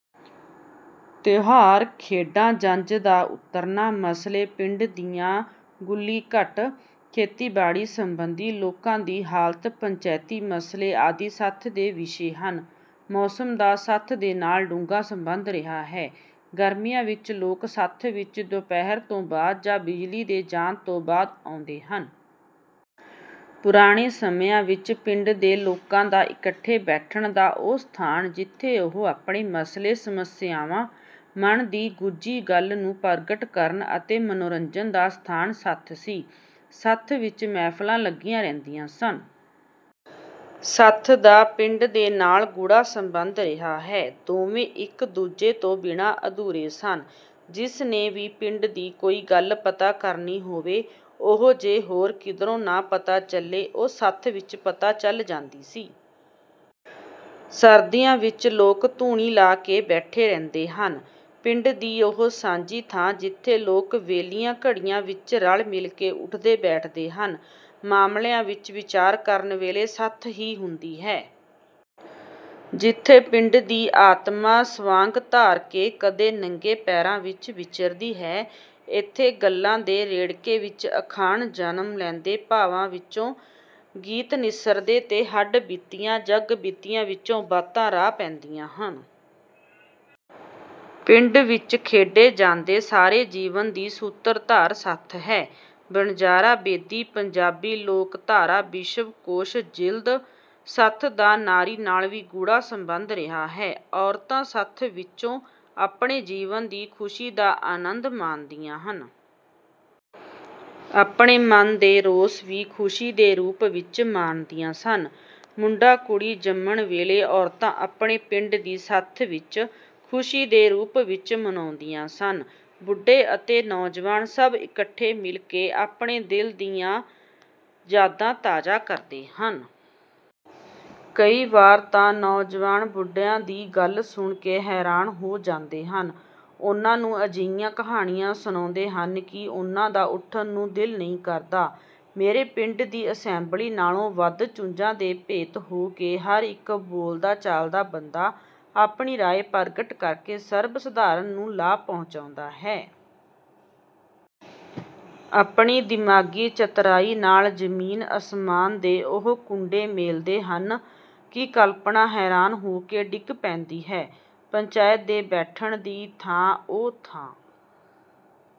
ਤਿਉਹਾਰ ਖੇਡਾਂ ਜੰਞ ਦਾ ਉਤਰਨਾ ਮਸਲੇ ਪਿੰਡ ਦੀਆਂ ਗੁੱਲੀਘਟ ਖੇਤੀਬਾੜੀ ਸੰਬੰਧੀ ਲੋਕਾਂ ਦੀ ਹਾਲਤ ਪੰਚਾਇਤੀ ਮਸਲੇ ਆਦਿ ਸੱਥ ਦੇ ਵਿਸ਼ੇ ਹਨ। ਮੌਸਮ ਦਾ ਸੱਥ ਦੇ ਨਾਲ ਡੂੰਘਾ ਸੰਬੰਧ ਰਿਹਾ ਹੈ। ਗਰਮੀਆਂ ਵਿੱਚ ਲੋਕ ਸੱਥ ਵਿੱਚ ਦੁਪਾਹਿਰ ਤੋਂ ਬਾਅਦ ਜਾਂ ਬਿਜਲੀ ਦੇ ਜਾਣ ਤੋਂ ਬਾਅਦ ਆਉਂਦੇ ਹਨ। ਪੁਰਾਣੇ ਸਮਿਆਂ ਵਿੱਚ ਪਿੰਡ ਦੇ ਲੋਕਾਂ ਦਾ ਇੱਕਠੇ ਬੈਠਣ ਦਾ ਉਹ ਸਥਾਨ ਜਿੱਥੇ ਉਹ ਆਪਣੇ ਮਸਲੇ ਸਮੱਸਿਆਵਾਂ ਮਨ ਦੀ ਗੁੱਝੀ ਗੱਲ ਨੂੰ ਪ੍ਰਗਟ ਕਰਨ ਅਤੇ ਮਨੋਰੰਜਨ ਦਾ ਸਥਾਨ ਸੱਥ ਸੀ। ਸੱਥ ਵਿੱਚ ਮਹਿਫਲਾਂ ਲੱਗੀਆਂ ਰਹਿੰਦੀਆਂ ਸਨ। ਸੱਥ ਦਾ ਪਿੰਡ ਦੇ ਨਾਲ ਗੂੜ੍ਹਾ ਸੰਬੰਧ ਰਿਹਾ ਹੈ। ਦੋਵੇਂ ਇੱਕ ਦੂਜੇ ਤੋਂ ਬਿਨ੍ਹਾਂ ਅਧੂਰੇ ਸਨ। ਜਿਸ ਨੇ ਵੀ ਪਿੰਡ ਦੀ ਕੋਈ ਗੱਲ ਪਤਾ ਕਰਨੀ ਹੋਵੇ ਉਹ ਜੇ ਹੋਰ ਕਿਧਰੋਂ ਨਾ ਪਤਾ ਚਲੇ ਉਹ ਸੱਥ ਵਿੱਚ ਪਤਾ ਚਲ ਜਾਂਦੀ ਸੀ। ਸਰਦੀਆਂ ਵਿੱਚ ਲੋਕ ਧੂਣੀ ਲਾ ਕੇ ਬੈਠੇ ਰਹਿੰਦੇ ਹਨ। ਪਿੰਡ ਦੀ ਉਹ ਸਾਂਝੀ ਥਾਂ ਜਿੱਥੇ ਲੋਕ ਵਿਹਲੀਆਂ ਘੜੀਆਂ ਵਿੱਚ ਰਲ ਮਿਲ ਕੇ ਉਠਦੇ ਬੈਠਦੇ ਹਨ। ਮਾਮਲਿਆਂ ਵਿੱਚ ਵਿਚਾਰ ਕਰਨ ਵੇਲੇ ਸੱਥ ਹੀ ਹੁੰਦੀ ਹੈ। ਜਿੱਥੇ ਪਿੰਡ ਦੀ ਆਤਮਾ ਸਵਾਂਗ ਧਾਰ ਕੇ ਕਦੇ ਨੰਗੇ ਪੈਰਾਂ ਵਿੱਚ ਵਿਚਰਦੀ ਹੈ। ਇੱਥੇ ਗੱਲਾਂ ਦੇ ਰੇੜਕੇ ਵਿੱਚ ਅਖਾਣ ਜਨਮ ਲੈਂਦੇ ਭਾਵਾਂ ਵਿੱਚੋਂ ਗੀਤ ਨਿਸਰਦੇ ਤੇ ਹੱਡ ਬੀਤੀਆਂ ਜੱਗ ਬੀਤੀਆਂ ਵਿੱਚੋਂ ਬਾਤਾਂ ਰਾਹ ਪੈਂਦੀਆਂ ਹਨ। ਪਿੰਡ ਵਿੱਚ ਖੇਡੇ ਜਾਂਦੇ ਸਾਰੇ ਜੀਵਨ ਦੀ ਸੂਤਰਧਾਰ ਸੱਥ ਹੈ। ਵਣਜਾਰਾ ਬੇਦੀ ਪੰਜਾਬੀ ਲੋਕਧਾਰਾ ਵਿਸ਼ਵ ਕੋਸ਼ ਜਿਲਦ ਸੱਥ ਦਾ ਨਾਰੀ ਨਾਲ ਵੀ ਗੂੜ੍ਹਾ ਸੰਬੰਧ ਰਿਹਾ ਹੈ। ਔਰਤਾਂ ਸੱਥ ਵਿੱਚੋਂ ਆਪਣੇ ਜੀਵਨ ਦੀ ਖੁਸ਼ੀ ਦਾ ਆਨੰਦ ਮਾਣਦੀਆਂ ਹਨ। ਆਪਣੇ ਮਨ ਦੇ ਰੋਸ ਵੀ ਖੁਸ਼ੀ ਦੇ ਰੂਪ ਵਿੱਚ ਮਾਣਦੀਆਂ ਸਨ। ਮੁੰਡਾ ਕੁੜੀ ਜੰਮਣ ਵੇਲੇ ਔਰਤਾਂ ਆਪਣੇ ਪਿੰਡ ਦੀ ਸੱਥ ਵਿੱਚ ਖੁਸ਼ੀ ਦੇ ਰੂਪ ਵਿੱਚ ਮਨਾਉਂਦੀਆਂ ਸਨ। ਬੁੱਢੇ ਅਤੇ ਨੌਜਵਾਨ ਸਭ ਇੱਕਠੇ ਮਿਲ ਕੇ ਆਪਣੇ ਦਿਲ ਦੀਆਂ ਯਾਦਾਂ ਤਾਜ਼ਾ ਕਰਦੇ ਹਨ। ਕਈ ਵਾਰ ਤਾਂ ਨੌਜਵਾਨ ਬੁੱਢਿਆਂ ਦੀ ਗੱਲ ਸੁਣ ਕੇ ਹੈਰਾਨ ਹੋ ਜਾਂਦੇ ਹਨ ਉਨ੍ਹਾਂ ਨੂੰ ਅਜਿਹੀਆਂ ਕਹਾਣੀਆਂ ਸੁਣਾਉਂਦੇ ਹਨ ਕਿ ਉਨ੍ਹਾਂ ਦਾ ਉਠਣ ਨੂੰ ਦਿਲ ਨਹੀਂ ਕਰਦਾ। ਮੇਰੇ ਪਿੰਡ ਦੀ ਅਸੈਂਬਲੀ ਨਾਲੋਂ ਵੱਧ ਚੁੰਝਾ ਦੇ ਭੇਦ ਹੋ ਕੇ ਹਰ ਇੱਕ ਬੋਲਦਾ ਚਾਲਦਾ ਬੰਦਾ ਆਪਣੀ ਰਾਇ ਪ੍ਰਗਟ ਕਰਕੇ ਸਰਬ ਸਧਾਰਨ ਨੂੰ ਲਾਭ ਪਹੁੰਚਾਉਂਦਾ ਹੈ। ਆਪਣੀ ਦਿਮਾਗੀ ਚਤਰਾਈ ਨਾਲ ਜ਼ਮੀਨ ਅਸਮਾਨ ਦੇ ਉਹ ਕੁੰਡੇ ਮੇਲਦੇ ਹਨ ਕਿ ਕਲਪਨਾ ਹੈਰਾਨ ਹੋ ਕੇ ਡਿੱਗ ਪੈਂਦੀ ਹੈ। ਪੰਚਾਇਤ ਦੇ ਬੈਠਣ ਦੀ ਥਾਂ ਉਹ ਥਾਂ